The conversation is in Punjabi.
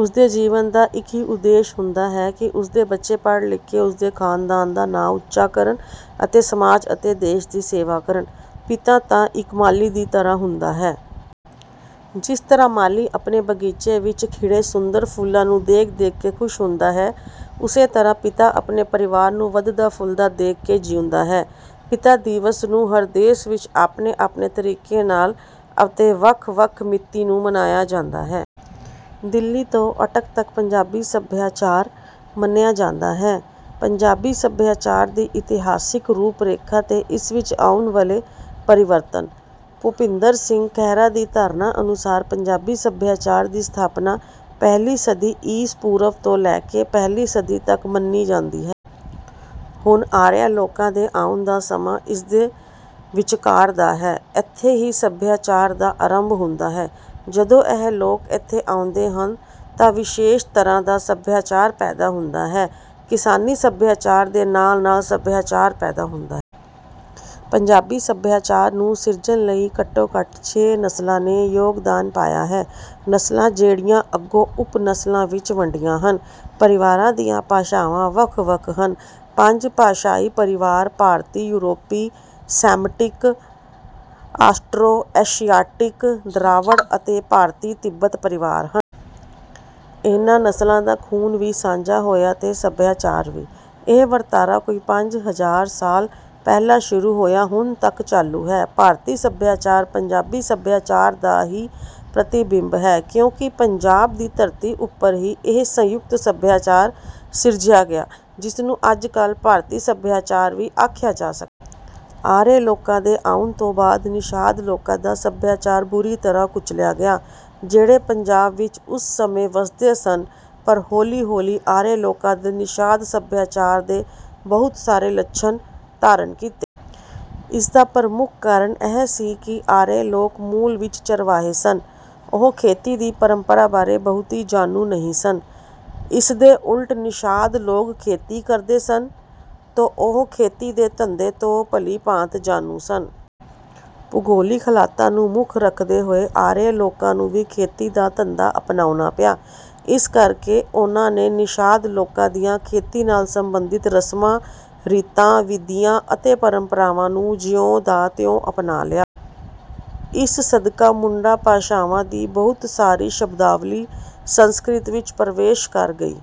ਉਸ ਦੇ ਜੀਵਨ ਦਾ ਇੱਕ ਹੀ ਉਦੇਸ਼ ਹੁੰਦਾ ਹੈ ਕਿ ਉਸ ਦੇ ਬੱਚੇ ਪੜ੍ਹ ਲਿਖ ਕੇ ਉਸ ਦੇ ਖਾਨਦਾਨ ਦਾ ਨਾਂ ਉੱਚਾ ਕਰਨ ਅਤੇ ਸਮਾਜ ਅਤੇ ਦੇਸ਼ ਦੀ ਸੇਵਾ ਕਰਨ। ਪਿਤਾ ਤਾਂ ਇੱਕ ਮਾਲੀ ਦੀ ਤਰ੍ਹਾਂ ਹੁੰਦਾ ਹੈ। ਜਿਸ ਤਰ੍ਹਾਂ ਮਾਲੀ ਆਪਣੇ ਬਗੀਚੇ ਵਿੱਚ ਖਿੜੇ ਸੁੰਦਰ ਫੁੱਲਾਂ ਨੂੰ ਦੇਖ ਦੇਖ ਕੇ ਖੁਸ਼ ਹੁੰਦਾ ਹੈ ਉਸੇ ਤਰ੍ਹਾਂ ਪਿਤਾ ਆਪਣੇ ਪਰਿਵਾਰ ਨੂੰ ਵਧਦਾ ਫੁੱਲਦਾ ਦੇਖ ਕੇ ਜਿਉਂਦਾ ਹੈ। ਪਿਤਾ ਦਿਵਸ ਨੂੰ ਹਰ ਦੇਸ਼ ਵਿੱਚ ਆਪਣੇ ਆਪਣੇ ਤਰੀਕੇ ਨਾਲ ਅਤੇ ਵੱਖ ਵੱਖ ਮਿਤੀ ਨੂੰ ਮਨਾਇਆ ਜਾਂਦਾ ਹੈ। ਦਿੱਲੀ ਤੋਂ ਅਟਕ ਤੱਕ ਪੰਜਾਬੀ ਸੱਭਿਆਚਾਰ ਮੰਨਿਆ ਜਾਂਦਾ ਹੈ। ਪੰਜਾਬੀ ਸੱਭਿਆਚਾਰ ਦੀ ਇਤਿਹਾਸਕ ਰੂਪ ਰੇਖਾ ਤੇ ਇਸ ਵਿੱਚ ਆਉਣ ਵਾਲੇ ਪਰਿਵਰਤਨ। ਭੁਪਿੰਦਰ ਸਿੰਘ ਖਹਿਰਾ ਦੀ ਧਾਰਨਾ ਅਨੁਸਾਰ ਪੰਜਾਬੀ ਸੱਭਿਆਚਾਰ ਦੀ ਸਥਾਪਨਾ ਪਹਿਲੀ ਸਦੀ ਈਸਾ ਪੂਰਵ ਤੋਂ ਲੈ ਕੇ ਪਹਿਲੀ ਸਦੀ ਤੱਕ ਮੰਨੀ ਜਾਂਦੀ ਹੈ। ਹੁਣ ਆਰੀਆ ਲੋਕਾਂ ਦੇ ਆਉਣ ਦਾ ਸਮਾਂ ਇਸਦੇ ਵਿਚਕਾਰ ਦਾ ਹੈ। ਇੱਥੇ ਹੀ ਸੱਭਿਆਚਾਰ ਦਾ ਆਰੰਭ ਹੁੰਦਾ ਹੈ। ਜਦੋਂ ਇਹ ਲੋਕ ਇੱਥੇ ਆਉਂਦੇ ਹਨ ਤਾਂ ਵਿਸ਼ੇਸ਼ ਤਰ੍ਹਾਂ ਦਾ ਸੱਭਿਆਚਾਰ ਪੈਦਾ ਹੁੰਦਾ ਹੈ। ਕਿਸਾਨੀ ਸੱਭਿਆਚਾਰ ਦੇ ਨਾਲ ਨਾਲ ਸੱਭਿਆਚਾਰ ਪੈਦਾ ਹੁੰਦਾ ਹੈ। ਪੰਜਾਬੀ ਸੱਭਿਆਚਾਰ ਨੂੰ ਸਿਰਜਣ ਲਈ ਘੱਟੋ ਘੱਟ ਛੇ ਨਸਲਾਂ ਨੇ ਯੋਗਦਾਨ ਪਾਇਆ ਹੈ। ਨਸਲਾਂ ਜਿਹੜੀਆਂ ਅੱਗੋਂ ਉਪ ਨਸਲਾਂ ਵਿੱਚ ਵੰਡੀਆਂ ਹਨ। ਪਰਿਵਾਰਾਂ ਦੀਆਂ ਭਾਸ਼ਾਵਾਂ ਵੱਖ ਵੱਖ ਹਨ। ਪੰਜ ਭਾਸ਼ਾਈ ਪਰਿਵਾਰ ਭਾਰਤੀ ਯੂਰਪੀ ਸੈਮਟਿਕ ਆਸਟਰੋ ਏਸ਼ੀਆਟਿਕ ਦਰਾਵੜ ਅਤੇ ਭਾਰਤੀ ਤਿੱਬਤ ਪਰਿਵਾਰ ਹਨ। ਇਹਨਾਂ ਨਸਲਾਂ ਦਾ ਖੂਨ ਵੀ ਸਾਂਝਾ ਹੋਇਆ ਤੇ ਸੱਭਿਆਚਾਰ ਵੀ। ਇਹ ਵਰਤਾਰਾ ਕੋਈ ਪੰਜ ਹਜ਼ਾਰ ਸਾਲ ਪਹਿਲਾਂ ਸ਼ੁਰੂ ਹੋਇਆ ਹੁਣ ਤੱਕ ਚਾਲੂ ਹੈ। ਭਾਰਤੀ ਸੱਭਿਆਚਾਰ ਪੰਜਾਬੀ ਸੱਭਿਆਚਾਰ ਦਾ ਹੀ ਪ੍ਰਤੀਬਿੰਬ ਹੈ ਕਿਉਂਕਿ ਪੰਜਾਬ ਦੀ ਧਰਤੀ ਉੱਪਰ ਹੀ ਇਹ ਸੰਯੁਕਤ ਸੱਭਿਆਚਾਰ ਸਿਰਜਿਆ ਗਿਆ ਜਿਸਨੂੰ ਅੱਜ ਕੱਲ ਭਾਰਤੀ ਸੱਭਿਆਚਾਰ ਵੀ ਆਖਿਆ ਜਾ ਸਕਦਾ ਹੈ। ਆਰੀਆ ਲੋਕਾਂ ਦੇ ਆਉਣ ਤੋਂ ਬਾਅਦ ਨਿਸ਼ਾਦ ਲੋਕਾਂ ਦਾ ਸੱਭਿਆਚਾਰ ਬੁਰੀ ਤਰ੍ਹਾਂ ਕੁਚਲਿਆ ਗਿਆ। ਜਿਹੜੇ ਪੰਜਾਬ ਵਿੱਚ ਉਸ ਸਮੇਂ ਵਸਦੇ ਸਨ ਪਰ ਹੌਲੀ ਹੌਲੀ ਆਰੀਆ ਲੋਕਾਂ ਨੇ ਨਿਸ਼ਾਦ ਸੱਭਿਆਚਾਰ ਦੇ ਬਹੁਤ ਸਾਰੇ ਲੱਛਣ ਧਾਰਨ ਕੀਤੇ। ਇਸਦਾ ਪ੍ਰਮੁੱਖ ਕਾਰਨ ਇਹ ਸੀ ਕਿ ਆਰੀਆ ਲੋਕ ਮੂਲ ਵਿੱਚ ਚਰਵਾਹੇ ਸਨ। ਉਹ ਖੇਤੀ ਦੀ ਪਰੰਪਰਾ ਬਾਰੇ ਬਹੁਤੇ ਜਾਣੂ ਨਹੀਂ ਸਨ। ਇਸਦੇ ਉਲਟ ਨਿਸ਼ਾਦ ਲੋਕ ਖੇਤੀ ਕਰਦੇ ਸਨ ਤੋਂ ਉਹ ਖੇਤੀ ਦੇ ਧੰਦੇ ਤੋਂ ਭਲੀ ਭਾਂਤ ਜਾਣੂ ਸਨ। ਭੂਗੋਲਿਕ ਹਾਲਤਾਂ ਨੂੰ ਮੁੱਖ ਰੱਖਦੇ ਹੋਏ ਆਰੀਆਂ ਲੋਕਾਂ ਨੂੰ ਵੀ ਖੇਤੀ ਦਾ ਧੰਦਾ ਅਪਣਾਉਣਾ ਪਿਆ। ਇਸ ਕਰਕੇ ਉਨ੍ਹਾਂ ਨੇ ਨਿਸ਼ਾਦ ਲੋਕਾਂ ਦੀਆਂ ਖੇਤੀ ਨਾਲ ਸਬੰਧਿਤ ਰਸਮਾਂ ਰੀਤਾਂ ਵਿਧੀਆਂ ਅਤੇ ਪਰੰਪਰਾਵਾਂ ਨੂੰ ਜਿਉਂ ਦਾ ਤਿਉਂ ਅਪਣਾ ਲਿਆ। ਇਸ ਸਦਕਾ ਮੁੰਡਾ ਭਾਸ਼ਾਵਾਂ ਦੀ ਬਹੁਤ ਸਾਰੀ ਸ਼ਬਦਾਵਲੀ ਸੰਸਕ੍ਰਿਤ ਵਿੱਚ ਪ੍ਰਵੇਸ਼ ਕਰ ਗਈ।